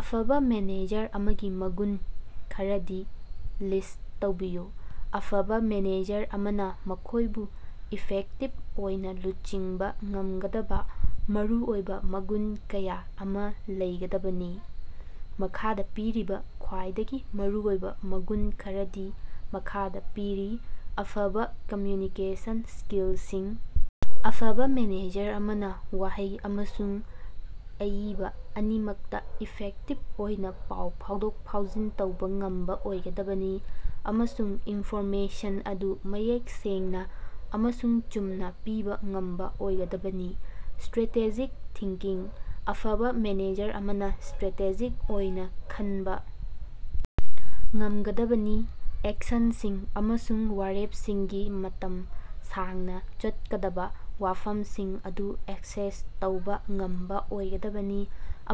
ꯑꯐꯕ ꯃꯦꯅꯦꯖꯔ ꯑꯃꯒꯤ ꯃꯒꯨꯟ ꯈꯔꯗꯤ ꯂꯤꯁ꯭ꯠ ꯇꯧꯕꯤꯌꯨ꯫ ꯑꯐꯕ ꯃꯦꯅꯦꯖꯔ ꯑꯃꯅ ꯃꯈꯣꯏꯕꯨ ꯏꯐꯦꯛꯇꯤꯕ ꯑꯣꯏꯅ ꯂꯨꯆꯤꯡꯕ ꯉꯝꯒꯗꯕ ꯃꯔꯨꯑꯣꯏꯕ ꯃꯒꯨꯟ ꯀꯌꯥ ꯑꯃ ꯂꯩꯒꯗꯕꯅꯤ꯫ ꯃꯈꯥꯗ ꯄꯤꯔꯤꯕ ꯈ꯭ꯋꯥꯏꯗꯒꯤ ꯃꯔꯨꯑꯣꯏꯕ ꯃꯒꯨꯟ ꯈꯔꯗꯤ ꯃꯈꯥꯗ ꯄꯤꯔꯤ - ꯑꯐꯕ ꯀꯝꯃ꯭ꯌꯨꯅꯤꯀꯦꯁꯟ ꯁ꯭ꯀꯤꯜꯁꯤꯡ - ꯑꯐꯕ ꯃꯦꯅꯦꯖꯔ ꯑꯃꯅ ꯋꯥꯍꯩ ꯑꯃꯁꯨꯡ ꯑꯏꯕ ꯑꯅꯤꯃꯛꯇ ꯏꯐꯦꯛꯇꯤꯚ ꯑꯣꯏꯅ ꯄꯥꯎ ꯐꯥꯎꯗꯣꯛ-ꯐꯥꯎꯖꯤꯟ ꯇꯧꯕ ꯉꯝꯕ ꯑꯣꯏꯒꯗꯕꯅꯤ ꯑꯃꯁꯨꯡ ꯏꯟꯐꯣꯔꯃꯦꯁꯟ ꯑꯗꯨ ꯃꯌꯦꯛ ꯁꯦꯡꯅ ꯑꯃꯁꯨꯡ ꯆꯨꯝꯅ ꯄꯤꯕ ꯉꯝꯕ ꯑꯣꯏꯒꯗꯕꯅꯤ꯫ ꯁ꯭ꯇꯔꯦꯇꯦꯖꯤꯛ ꯊꯤꯡꯀꯤꯡ - ꯑꯐꯕ ꯃꯦꯅꯦꯖꯔ ꯑꯃꯅ ꯁ꯭ꯇꯔꯦꯇꯦꯖꯤꯛ ꯑꯣꯏꯅ ꯈꯅꯕꯥ ꯉꯝꯒꯗꯕꯅꯤ, ꯑꯦꯛꯁꯟꯁꯤꯡ ꯑꯃꯁꯨꯡ ꯋꯥꯔꯦꯞꯁꯤꯡꯒꯤ ꯃꯇꯝ ꯁꯥꯡꯅ ꯆꯠꯀꯗꯕ ꯋꯥꯐꯝꯁꯤꯡ ꯑꯗꯨ ꯑꯦꯁꯦꯁ ꯇꯧꯕ ꯉꯝꯕ ꯑꯣꯏꯒꯗꯕꯅꯤ,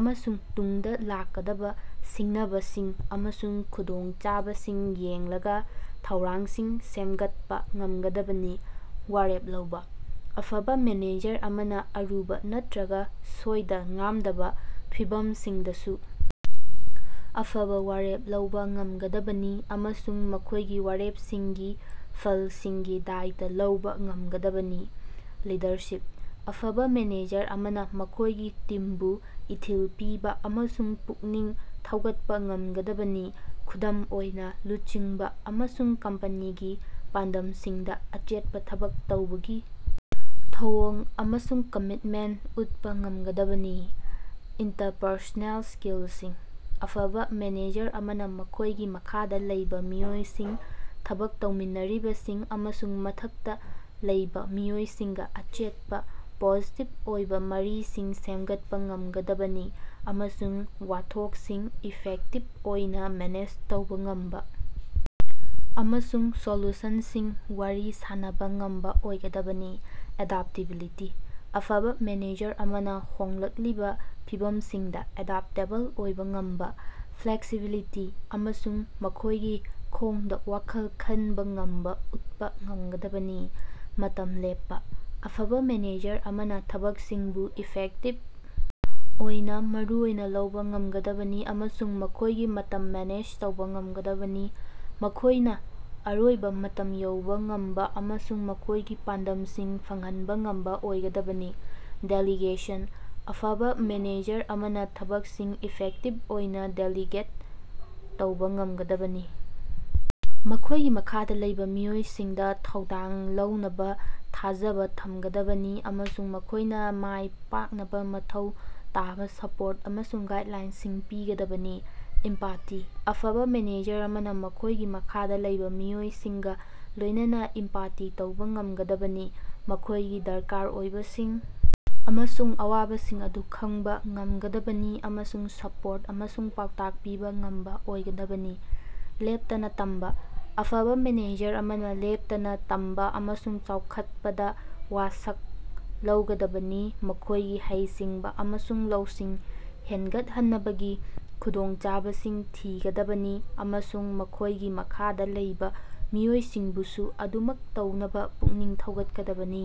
ꯑꯃꯁꯨꯡ ꯇꯨꯡꯗ ꯂꯥꯛꯀꯗꯕ ꯁꯤꯡꯅꯕꯁꯤꯡ ꯑꯃꯁꯨꯡ ꯈꯨꯗꯣꯡꯆꯥꯕꯁꯤꯡ ꯌꯦꯡꯂꯒ ꯊꯧꯔꯥꯡꯁꯤꯡ ꯁꯦꯝꯒꯠꯄ ꯉꯝꯒꯗꯕꯅꯤ꯫ ꯋꯥꯔꯦꯞ ꯂꯧꯕ - ꯑꯐꯕ ꯃꯦꯅꯦꯖꯔ ꯑꯃꯅ ꯑꯔꯨꯕ ꯅꯠꯇꯔꯒ ꯁꯣꯏꯗ-ꯉꯥꯝꯗꯕ ꯐꯤꯚꯝꯁꯤꯡꯗꯁꯨ ꯑꯐꯕ ꯋꯥꯔꯦꯞ ꯂꯧꯕ ꯉꯝꯒꯗꯕꯅꯤ ꯑꯃꯁꯨꯡ ꯃꯈꯣꯏꯒꯤ ꯋꯥꯔꯦꯞꯁꯤꯡꯒꯤ ꯐꯜꯁꯤꯡꯒꯤ ꯗꯥꯏꯇꯥ ꯂꯧꯕ ꯉꯝꯒꯗꯕꯅꯤ꯫ ꯂꯤꯗꯔꯁꯤꯞ - ꯑꯐꯕ ꯃꯦꯅꯦꯖꯔ ꯑꯃꯅ ꯃꯈꯣꯏꯒꯤ ꯇꯤꯝꯕꯨ ꯏꯊꯤꯜ ꯄꯤꯕ ꯑꯃꯁꯨꯡ ꯄꯨꯛꯅꯤꯡ ꯊꯧꯒꯠꯄ ꯉꯝꯒꯗꯕꯅꯤ, ꯈꯨꯗꯝ ꯑꯣꯏꯅ ꯂꯨꯆꯤꯡꯕ ꯑꯃꯁꯨꯡ ꯀꯝꯄꯦꯅꯤꯒꯤ ꯄꯥꯟꯗꯝꯁꯤꯡꯗ ꯑꯆꯦꯠꯄ ꯊꯕꯛ ꯇꯧꯕꯒꯤ ꯊꯧꯑꯣꯡ ꯑꯃꯁꯨꯡ ꯀꯝꯃꯤꯠꯃꯦꯟꯇ ꯎꯠꯄ ꯉꯝꯒꯗꯕꯅꯤ꯫ ꯏꯟꯇꯔꯄꯔꯁꯣꯅꯦꯜ ꯁ꯭ꯀꯤꯜꯁꯤꯡ - ꯑꯐꯕ ꯃꯦꯅꯦꯖꯔ ꯑꯃꯅ ꯃꯈꯣꯏꯒꯤ ꯃꯈꯥꯗ ꯂꯩꯕ ꯃꯤꯑꯣꯏꯁꯤꯡ, ꯊꯕꯛ ꯇꯧꯃꯤꯟꯅꯔꯤꯕꯁꯤꯡ ꯑꯃꯁꯨꯡ ꯃꯊꯛꯇ ꯂꯩꯕꯥꯃꯤꯑꯣꯏꯁꯤꯡꯒ ꯑꯆꯦꯠꯄ, ꯄꯣꯖꯤꯇꯤꯚ ꯑꯣꯏꯕ ꯃꯔꯤꯁꯤꯡ ꯁꯦꯝꯒꯠꯄ ꯉꯝꯒꯗꯕꯅꯤ, ꯑꯃꯁꯨꯡ ꯋꯥꯊꯣꯛꯁꯤꯡ ꯏꯐꯦꯛꯇꯤꯕ ꯑꯣꯏꯅ ꯃꯦꯅꯦꯖ ꯇꯧꯕ ꯉꯝꯕ ꯑꯃꯁꯨꯡ ꯁꯣꯂꯨꯁꯟꯁꯤꯡ ꯋꯥꯔꯤ ꯁꯥꯅꯕ ꯉꯝꯕ ꯑꯣꯏꯒꯗꯕꯅꯤ꯫ ꯑꯦꯗꯞꯇꯦꯕꯤꯂꯤꯇꯤ - ꯑꯐꯕ ꯃꯦꯅꯦꯖꯔ ꯑꯃꯅ ꯍꯣꯡꯂꯛꯂꯤꯕ ꯐꯤꯚꯝꯁꯤꯡꯗ ꯑꯦꯗꯞꯇꯦꯕꯜ ꯑꯣꯏꯕ ꯉꯝꯕ, ꯐ꯭ꯂꯦꯛꯁꯤꯕꯤꯂꯤꯇꯤ ꯑꯃꯁꯨꯡ ꯃꯈꯣꯏꯒꯤ ꯈꯣꯡꯗ ꯋꯥꯈꯜ ꯈꯟꯕ ꯉꯝꯕ ꯎꯠꯄ ꯉꯝꯒꯗꯕꯅꯤ꯫ ꯃꯇꯝ ꯂꯦꯞꯄ - ꯑꯐꯕ ꯃꯦꯅꯦꯖꯔ ꯑꯃꯅ ꯊꯕꯛꯁꯤꯡꯕꯨ ꯏꯐꯦꯛꯇꯤꯕ ꯑꯣꯏꯅ ꯃꯔꯨ ꯑꯣꯏꯅ ꯂꯧꯕ ꯉꯝꯒꯗꯕꯅꯤ ꯑꯃꯁꯨꯡ ꯃꯈꯣꯏꯒꯤ ꯃꯇꯝ ꯃꯦꯅꯦꯖ ꯇꯧꯕ ꯉꯝꯒꯗꯕꯅꯤ, ꯃꯈꯣꯏꯅ ꯑꯔꯣꯏꯕ ꯃꯇꯝ ꯌꯧꯕ ꯉꯝꯕ ꯑꯃꯁꯨꯡ ꯃꯈꯣꯏꯒꯤ ꯄꯥꯟꯗꯝꯁꯤꯡ ꯐꯪꯍꯟꯕ ꯉꯝꯕ ꯑꯣꯏꯒꯗꯕꯅꯤ꯫ ꯗꯦꯂꯤꯒꯦꯁꯟ - ꯑꯐꯕ ꯃꯦꯅꯦꯖꯔ ꯑꯃꯅ ꯊꯕꯛꯁꯤꯡ ꯏꯐꯦꯛꯇꯤꯕ ꯑꯣꯏꯅ ꯗꯦꯂꯤꯒꯦꯠ ꯇꯧꯕ ꯉꯝꯒꯗꯕꯅꯤ, ꯃꯈꯣꯏꯒꯤ ꯃꯈꯥꯗ ꯂꯩꯕ ꯃꯤꯑꯣꯏꯁꯤꯡꯗ ꯊꯧꯗꯥꯡ ꯂꯧꯅꯕ ꯊꯥꯖꯕ ꯊꯝꯒꯗꯕꯅꯤ ꯑꯃꯁꯨꯡ ꯃꯈꯣꯏꯅ ꯃꯥꯏ ꯄꯥꯛꯅꯕ ꯃꯊꯧ ꯇꯥꯕ ꯁꯄꯣꯔꯠ ꯑꯃꯁꯨꯡ ꯒꯥꯏꯗꯂꯥꯏꯟꯁꯤꯡ ꯄꯤꯒꯗꯕꯅꯤ꯫ ꯏꯝꯄꯥꯇꯤ -ꯑꯐꯕ ꯃꯦꯅꯦꯖꯔ ꯑꯃꯅ ꯃꯈꯣꯏꯒꯤ ꯃꯈꯥꯗ ꯂꯩꯕ ꯃꯤꯑꯣꯏꯁꯤꯡꯒ ꯂꯣꯏꯅꯅ ꯏꯝꯄꯥꯇꯤ ꯇꯧꯕ ꯉꯝꯒꯗꯕꯅꯤ, ꯃꯈꯣꯏꯒꯤ ꯗꯔꯀꯥꯔ ꯑꯣꯏꯕꯁꯤꯡ ꯑꯃꯁꯨꯡ ꯑꯋꯥꯕꯁꯤꯡ ꯑꯗꯨ ꯈꯪꯕ ꯉꯝꯒꯗꯕꯅꯤ ꯑꯃꯁꯨꯡ ꯁꯄꯣꯔꯠ ꯑꯃꯁꯨꯡ ꯄꯥꯎꯇꯥꯛ ꯄꯤꯕ ꯉꯝꯕ ꯑꯣꯏꯒꯗꯕꯅꯤ꯫ ꯂꯦꯞꯇꯅ ꯇꯝꯕ - ꯑꯐꯕꯥ ꯃꯦꯅꯦꯖꯔ ꯑꯃꯅ ꯂꯦꯞꯇꯅ ꯇꯝꯕ ꯑꯃꯁꯨꯡ ꯆꯥꯎꯈꯠꯄꯗ ꯋꯥꯁꯛ ꯂꯧꯒꯗꯕꯅꯤ, ꯃꯈꯣꯏꯒꯤ ꯍꯩꯁꯤꯡꯕ ꯑꯃꯁꯨꯡ ꯂꯧꯁꯤꯡ ꯍꯦꯟꯒꯠꯍꯟꯅꯕꯒꯤ ꯈꯨꯗꯣꯡꯆꯥꯕꯁꯤꯡ ꯊꯤꯒꯗꯕꯅꯤ ꯑꯃꯁꯨꯡ ꯃꯈꯣꯏꯒꯤ ꯃꯈꯥꯗ ꯂꯩꯕ ꯃꯤꯑꯣꯏꯁꯤꯡꯕꯨꯁꯨ ꯑꯗꯨꯃꯛ ꯇꯧꯅꯕ ꯄꯨꯛꯅꯤꯡ ꯊꯧꯒꯠꯀꯗꯕꯅꯤ꯫